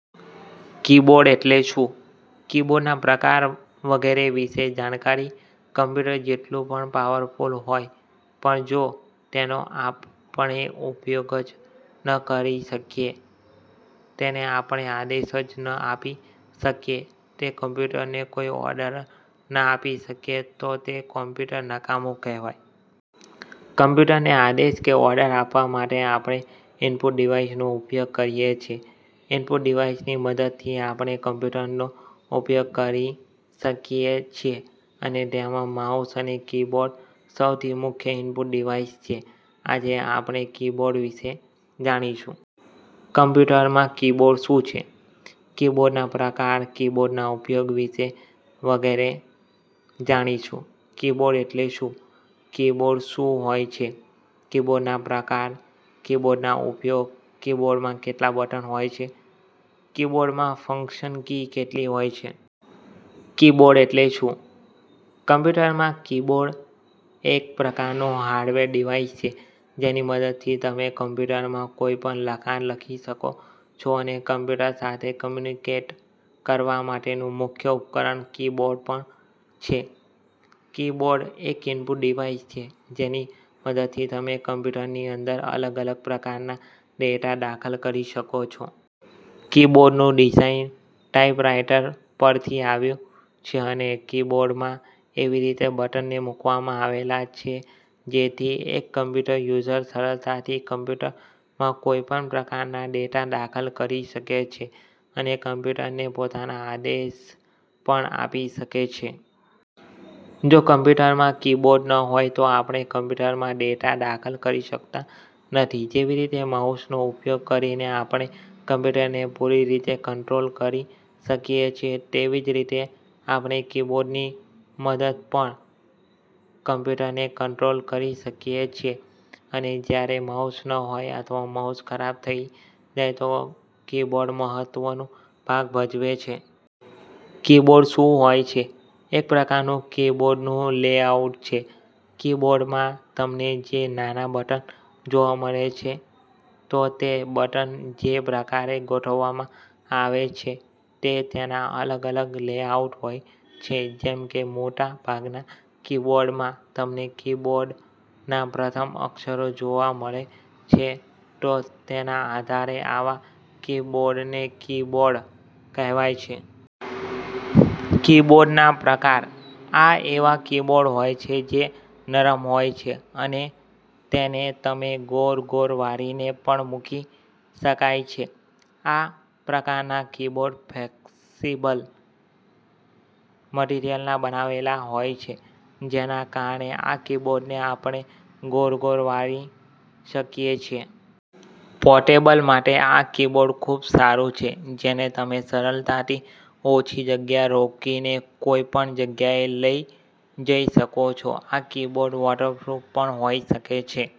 Keyboard એટલે શું? કીબોર્ડના પ્રકાર વગેરે વિશે જાણકારી કમ્પ્યુટર જેટલું પણ પાવરફુલ હોય પણ જો તેનો આપણે ઉપયોગ જ ન કરી શકીએ, તેને આપણે આદેશ જ ન આપી શકીએ, તે કમ્પ્યુટરને કોઈ ઓર્ડર ન આપી શકીએ તો તે કમ્પ્યુટર નકામું કહેવાય. કમ્પ્યુટરને આદેશ કે ઓર્ડર આપવા માટે આપણે ઈનપુટ ડિવાઇસનો ઉપયોગ કરીએ છે. ઈનપુટ ડિવાઇસની મદદથી આપણે કમ્પ્યુટરનો ઉપયોગ કરી શકીએ છે અને તેમાં માઉસ અને કીબોર્ડ સૌથી મુખ્ય ઈનપુટ ડિવાઇસ છે. આજે આપણે કીબોર્ડ વિશે જાણીશું. કમ્પ્યુટરમાં કીબોર્ડ શું છે? કીબોર્ડના પ્રકાર, કીબોર્ડના ઉપયોગ વિશે વગેરે જાણીશું. કીબોર્ડ એટલે શું? કીબોર્ડ શું હોય છે? કીબોર્ડના પ્રકાર, કીબોર્ડના ઉપયોગ, કીબોર્ડમાં કેટલા બટન હોય છે? કીબોર્ડમાં ફંક્શન કી કેટલી હોય છે? કીબોર્ડ એટલે શું? કમ્પ્યુટરમાં કીબોર્ડ એક પ્રકારનું હાર્ડવેર ડિવાઇસ છે જેની મદદથી તમે કમ્પ્યુટરમાં કોઈ પણ લખાણ લખી શકો છો અને કમ્પ્યુટર સાથે કમ્યુનિકેટ કરવા માટેનું મુખ્ય ઉપકરણ કી-બોર્ડ પણ છે. કીબોર્ડ એક ઈનપુટ ડિવાઇસ છે જેની મદદથી તમે કમ્પ્યુટરની અંદર અલગ અલગ પ્રકારના ડેટા દાખલ કરી શકો છો. કીબોર્ડનું ડિઝાઇન ટાઈપરાઈટર પરથી આવ્યું છે અને કીબોર્ડમાં એવી રીતે બટનને મૂકવામાં આવેલા છે જેથી એક કમ્પ્યૂટર યુઝર સરળતાથી કમ્પ્યુટરમાં કોઈપણ પ્રકારના ડેટા દાખલ કરી શકે છે અને કમ્પ્યુટરને પોતાના આદેશ પણ આપી શકે છે. જો કમ્પ્યુટરમાં કીબોર્ડ ન હોય તો આપણે કમ્પ્યૂટરમાં ડેટા દાખલ કરી શકતા નથી. જેવી રીતે માઉસનો ઉપયોગ કરીને આપણે કમ્પ્યૂટરને પૂરી રીતે કંટ્રોલ કરી શકીએ છે તેવી જ રીતે આપણે કીબોર્ડની મદદ પણ કમ્પ્યુટરને કંટ્રોલ કરી શકીએ છે અને જ્યારે માઉસ ન હોય અથવા માઉસ ખરાબ થઈ જાય તો કીબોર્ડ મહત્વનું ભાગ ભજવે છે. કીબોર્ડ શું હોય છે? એક પ્રકારનું કીબોર્ડનું લેઆઉટ છે. કીબોર્ડમાં તમને જે ના બટન જોવા મળે છે તો તે બટન જે પ્રકારે ગોઠવવામાં આવે છે તે તેના અલગ-અલગ લેઆઉટ હોય છે. જેમ કે મોટા ભાગના કીબોર્ડમાં તમને કીબોર્ડના પ્રથમ અક્ષરો જોવા મળે છે તો તેના આધારે આવા કીબોર્ડને કીબોર્ડ કહેવાય છે. કીબોર્ડના પ્રકાર. આ એવા કીબોર્ડ હોય છે જે નરમ હોય છે અને તેને તમે ગોળ-ગોળ વાળીને પણ મૂકી શકાય છે. આ પ્રકારના કીબોર્ડ ફ્લેક્સિબલ મટિરિયલના બનાવેલા હોય છે જેના કારણે આ કીબોર્ડને આપણે ગોળ-ગોળ વાળી શકીએ છીએ. પોર્ટેબલ માટે આ કીબોર્ડ ખૂબ સારું છે જેને તમે સરળતાથી ઓછી જગ્યા રોકીને કોઈ પણ જગ્યાએ લઈ જઈ શકો છો. આ કીબોર્ડ વોટરપ્રૂફ પણ હોય શકે છે.